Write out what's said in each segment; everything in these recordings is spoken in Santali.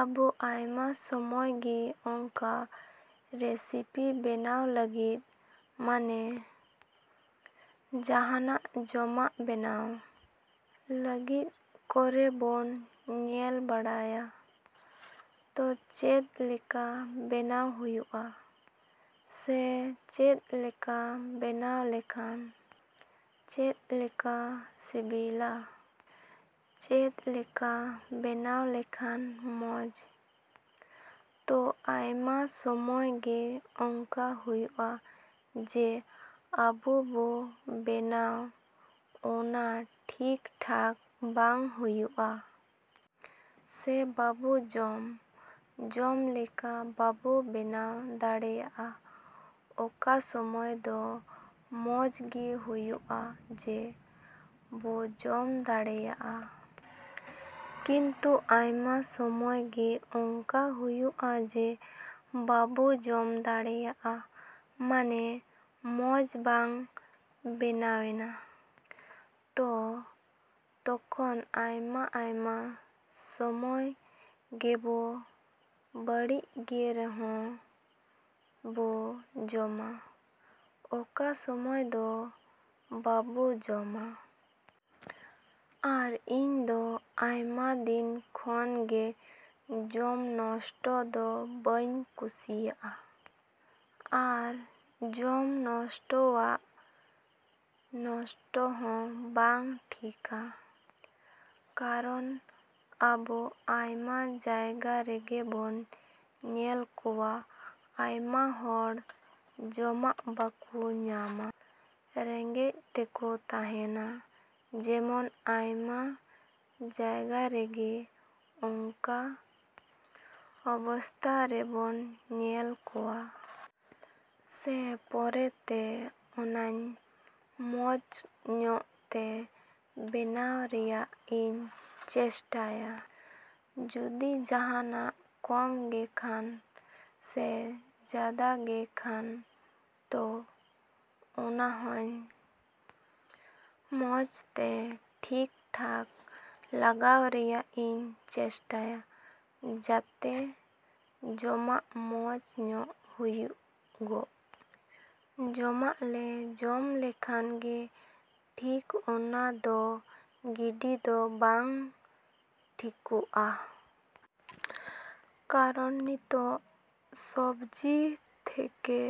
ᱟᱵᱚ ᱟᱭᱢᱟ ᱥᱚᱢᱚᱭ ᱜᱮ ᱚᱝᱠᱟ ᱨᱮᱥᱤᱯᱤ ᱵᱮᱱᱟᱣ ᱞᱟᱹᱜᱤᱫ, ᱢᱟᱱᱮ ᱡᱟᱦᱟᱱᱟᱜ ᱡᱚᱢᱟᱜ ᱵᱮᱱᱟᱣ ᱞᱟᱹᱜᱤᱫ ᱠᱚᱨᱮᱵᱚᱱ ᱧᱮᱞ ᱵᱟᱲᱟᱭᱟ᱾ ᱛᱚ, ᱪᱮᱫᱞᱮᱠᱟ ᱵᱮᱱᱟᱣ ᱦᱩᱭᱩᱜᱼᱟ ᱥᱮ ᱪᱮᱫᱞᱮᱠᱟ ᱵᱮᱱᱟᱣ ᱞᱮᱠᱷᱟᱱ ᱪᱮᱫᱞᱮᱠᱟ ᱥᱤᱵᱤᱞᱟ? ᱪᱮᱫᱞᱮᱠᱟ ᱵᱮᱱᱟᱣ ᱞᱮᱠᱷᱟᱱ ᱢᱚᱡᱽ? ᱛᱚ, ᱟᱭᱢᱟ ᱥᱚᱢᱚᱭ ᱜᱮ ᱚᱝᱠᱟ ᱦᱩᱭᱩᱜᱼᱟ ᱡᱮ, ᱟᱵᱚ ᱵᱚ ᱵᱮᱱᱟᱣ ᱚᱱᱟ ᱴᱷᱤᱠᱼᱴᱷᱟᱠ ᱵᱟᱝ ᱦᱩᱭᱩᱜᱼᱟ᱾ ᱥᱮ ᱵᱟᱵᱚ ᱡᱚᱢ, ᱡᱚᱢ ᱞᱮᱠᱟ ᱵᱟᱵᱚ ᱵᱮᱱᱟᱣ ᱫᱟᱲᱮᱭᱟᱜᱼᱟ᱾ ᱚᱠᱟ ᱥᱚᱢᱚᱭ ᱫᱚ ᱢᱚᱡᱽ ᱜᱮ ᱦᱩᱭᱩᱜᱼᱟ ᱡᱮ, ᱵᱚ ᱡᱚᱢ ᱫᱟᱲᱮᱭᱟᱜᱼᱟ᱾ ᱠᱤᱱᱛᱩ ᱟᱭᱢᱟ ᱥᱚᱢᱚᱭ ᱜᱮ ᱚᱝᱠᱟ ᱦᱩᱭᱩᱜᱼᱟ ᱡᱮ, ᱵᱟᱵᱚ ᱡᱚᱢ ᱫᱟᱲᱮᱭᱟᱜᱼᱟ, ᱢᱟᱱᱮ ᱢᱚᱡᱽ ᱵᱟᱝ ᱵᱮᱱᱟᱣᱮᱱᱟ᱾ ᱛᱚ, ᱛᱚᱠᱷᱚᱱ ᱟᱭᱢᱟ ᱟᱭᱢᱟ ᱥᱚᱢᱚᱭ ᱜᱮᱵᱚ ᱵᱟᱹᱲᱤᱡ ᱜᱮ ᱨᱮᱦᱚᱸ ᱵᱚ ᱡᱚᱢᱟ, ᱚᱠᱟ ᱥᱚᱢᱚᱭ ᱫᱚ ᱵᱟᱵᱚ ᱡᱚᱢᱟ᱾ ᱟᱨ ᱤᱧ ᱫᱚ ᱟᱭᱢᱟ ᱫᱤᱱ ᱠᱷᱚᱱ ᱜᱮ ᱡᱚᱢ ᱱᱚᱥᱴᱚ ᱫᱚ ᱵᱟᱹᱧ ᱠᱩᱥᱤᱭᱟᱜᱼᱟ᱾ ᱟᱨ ᱡᱚᱢ ᱱᱚᱥᱴᱚᱣᱟᱜ ᱱᱚᱥᱴᱚ ᱦᱚᱸ ᱵᱟᱝ ᱴᱷᱤᱠᱟ᱾ ᱠᱟᱨᱚᱱ ᱟᱵᱚ ᱟᱭᱢᱟ ᱡᱟᱭᱜᱟ ᱨᱮᱜᱮ ᱵᱚᱱ ᱧᱮᱞ ᱠᱚᱣᱟ ᱟᱭᱢᱟ ᱦᱚᱲ ᱡᱚᱢᱟᱜ ᱵᱟᱠᱚ ᱧᱟᱢᱟ, ᱨᱮᱸᱜᱮᱡ ᱛᱮᱠᱚ ᱛᱟᱦᱮᱱᱟ ᱡᱮᱢᱚᱱ ᱟᱭᱢᱟ ᱡᱟᱭᱜᱟ ᱨᱮᱜᱮ ᱚᱝᱠᱟ ᱚᱵᱚᱥᱛᱷᱟ ᱨᱮᱵᱚᱱ ᱧᱮᱞ ᱠᱚᱣᱟ᱾ ᱥᱮ ᱯᱚᱨᱮᱛᱮ ᱚᱱᱟᱧ ᱢᱚᱡᱽ ᱧᱚᱜ ᱛᱮ ᱵᱮᱱᱟᱣ ᱨᱮᱭᱟᱜ ᱤᱧ ᱪᱮᱥᱴᱟᱭᱟ᱾ ᱡᱩᱫᱤ ᱡᱟᱦᱟᱱᱟᱜ ᱠᱚᱢ ᱜᱮ ᱠᱷᱟᱱ ᱥᱮ ᱡᱟᱫᱟ ᱜᱮ ᱠᱷᱟᱱ ᱛᱚ ᱚᱱᱟᱦᱚᱧ ᱢᱚᱡᱽᱛᱮ ᱴᱷᱤᱠᱼᱴᱷᱟᱠ ᱞᱟᱜᱟᱣ ᱨᱮᱭᱟᱜ ᱤᱧ ᱪᱮᱥᱴᱟᱭᱟ ᱡᱟᱛᱮ ᱡᱚᱢᱟᱜ ᱢᱚᱡᱽ ᱧᱚᱜ ᱦᱩᱭᱩᱜᱚᱜ᱾ ᱡᱚᱢᱟᱜ ᱞᱮ ᱡᱚᱢ ᱞᱮᱠᱷᱟᱱ ᱜᱮ ᱴᱷᱤᱠ ᱚᱱᱟ ᱫᱚ ᱜᱤᱰᱤ ᱫᱚ ᱵᱟᱝ ᱴᱷᱤᱠᱚᱜᱼᱟ᱾ ᱠᱟᱨᱚᱱ ᱱᱤᱛᱚᱜ ᱥᱚᱵᱽᱡᱤ ᱛᱷᱮᱠᱮ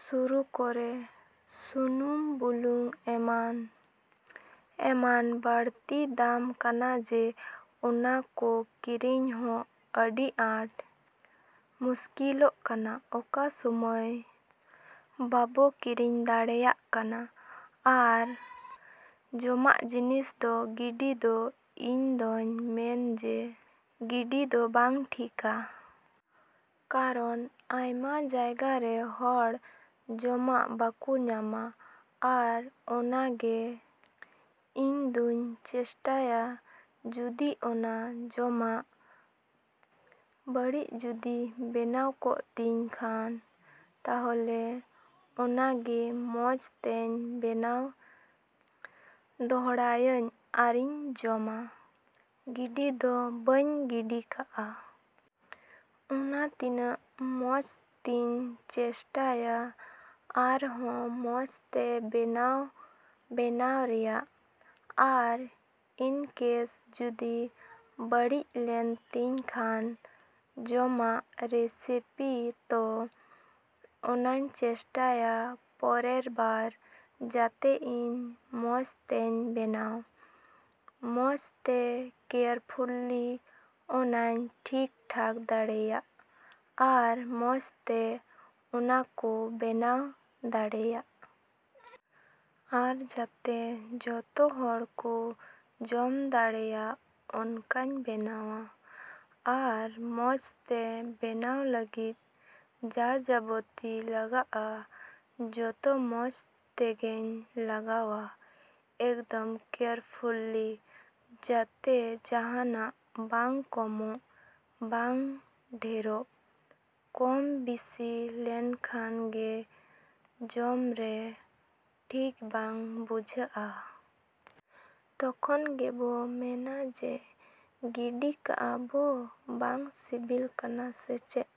ᱥᱩᱨᱩ ᱠᱚᱨᱮ ᱥᱩᱱᱩᱢ ᱵᱩᱞᱩᱝ ᱮᱢᱚᱱ, ᱮᱢᱚᱱ ᱵᱟᱲᱛᱤ ᱫᱟᱢ ᱠᱟᱱᱟ ᱡᱮ ᱚᱱᱟ ᱠᱚ ᱠᱤᱨᱤᱧ ᱦᱚᱸ ᱟᱹᱰᱤ ᱟᱴ ᱢᱩᱥᱠᱤᱞᱚᱜ ᱠᱟᱱᱟ ᱚᱠᱟ ᱥᱚᱢᱚᱭ ᱵᱟᱵᱚ ᱠᱤᱨᱤᱧ ᱫᱟᱲᱮᱭᱟᱜ ᱠᱟᱱᱟ᱾ ᱟᱨ ᱡᱚᱢᱟᱜ ᱡᱤᱱᱤᱥ ᱫᱚ ᱜᱤᱰᱤ ᱫᱚ ᱤᱧ ᱫᱚᱧ ᱢᱮᱱ ᱡᱮ, ᱜᱤᱰᱤ ᱫᱚ ᱵᱟᱝ ᱴᱷᱤᱠᱟ᱾ ᱠᱟᱨᱚᱱ ᱟᱭᱢᱟ ᱡᱟᱭᱜᱟ ᱨᱮ ᱦᱚᱲ ᱡᱚᱢᱟᱜ ᱵᱟᱠᱚ ᱧᱟᱢᱟ᱾ ᱟᱨ ᱚᱱᱟᱜᱮ ᱤᱧ ᱫᱩᱧ ᱪᱮᱥᱴᱟᱭᱟ ᱡᱩᱫᱤ ᱚᱱᱟ ᱡᱚᱢᱟᱜ ᱵᱟᱹᱲᱤᱡ ᱡᱩᱫᱤ ᱵᱮᱱᱟᱣ ᱠᱚᱜ ᱛᱤᱧ ᱠᱷᱟᱱ ᱛᱟᱦᱚᱞᱮ ᱚᱱᱟᱜᱮ ᱢᱚᱡᱽ ᱛᱮᱧ ᱵᱮᱱᱟ ᱫᱚᱦᱲᱟᱭᱟᱹᱧ ᱟᱨᱤᱧ ᱡᱚᱢᱟ᱾ ᱜᱤᱰᱤ ᱫᱚ ᱵᱟᱹᱧ ᱜᱤᱰᱤ ᱠᱟᱜᱼᱟ᱾ ᱚᱱᱟ ᱛᱤᱱᱟᱹᱜ ᱢᱚᱡᱽᱛᱤᱧ ᱪᱮᱥᱴᱟᱭᱟ ᱟᱨᱦᱚᱸ ᱢᱚᱡᱽᱛᱮ ᱵᱮᱱᱟᱣ ᱵᱮᱱᱟᱣ ᱨᱮᱭᱟᱜ᱾ ᱟᱨ ᱤᱱᱠᱮᱥ ᱡᱩᱫᱤ ᱵᱟᱹᱲᱤᱡ ᱞᱮᱱ ᱛᱤᱧ ᱠᱷᱟᱱ ᱡᱚᱢᱟᱜ ᱨᱮᱥᱤᱯᱤ ᱛᱚ, ᱚᱱᱟᱧ ᱪᱮᱥᱴᱟᱭᱟ ᱯᱚᱨᱮᱨ ᱵᱟᱨ ᱡᱟᱛᱮ ᱤᱧ ᱢᱚᱡᱽᱛᱮᱧ ᱵᱮᱱᱟᱣ, ᱢᱚᱡᱽᱛᱮ ᱠᱮᱭᱟᱨᱯᱷᱩᱞᱞᱤ ᱚᱱᱟᱧ ᱴᱷᱤᱠᱼᱴᱷᱟᱠ ᱫᱟᱲᱮᱭᱟᱜ᱾ ᱟᱨ ᱢᱚᱡᱽᱛᱮ ᱚᱱᱟᱠᱚ ᱵᱮᱱᱟᱣ ᱫᱟᱲᱮᱭᱟᱜ᱾ ᱟᱨ ᱡᱟᱛᱮ ᱡᱚᱛᱚ ᱦᱚᱲ ᱠᱚ ᱡᱚᱢ ᱫᱟᱲᱮᱭᱟᱜ ᱚᱱᱠᱟᱧ ᱵᱮᱱᱟᱣᱟ᱾ ᱟᱨ ᱢᱚᱡᱽᱛᱮ ᱵᱮᱱᱟᱣ ᱞᱟᱹᱜᱤᱫ ᱡᱟᱼᱡᱟᱵᱚᱛᱤ ᱞᱟᱜᱟᱜᱼᱟ, ᱡᱚᱛᱚ ᱢᱚᱡᱽ ᱛᱮᱜᱮᱧ ᱞᱟᱜᱟᱣᱟ ᱮᱠᱫᱚᱢ ᱠᱮᱭᱟᱨᱯᱷᱩᱞᱞᱤ᱾ ᱡᱟᱛᱮ ᱡᱟᱦᱟᱱᱟᱜ ᱵᱟᱝ ᱠᱚᱢᱚᱜ, ᱵᱟᱝ ᱰᱷᱮᱨᱚᱜ᱾ ᱠᱚᱢ, ᱵᱤᱥᱤ ᱞᱮᱱᱠᱷᱟᱱ ᱜᱮ ᱡᱚᱢ ᱨᱮ ᱴᱷᱤᱠ ᱵᱟᱝ ᱵᱩᱡᱷᱟᱹᱜᱼᱟ᱾ ᱛᱚᱠᱷᱚᱱ ᱜᱮᱵᱚ ᱢᱮᱱᱟ ᱡᱮ, ᱜᱤᱰᱤ ᱠᱟᱜᱼᱟ ᱵᱚ ᱵᱟᱝ ᱥᱤᱵᱤᱞ ᱠᱟᱱᱟ ᱥᱮ ᱪᱮᱫ᱾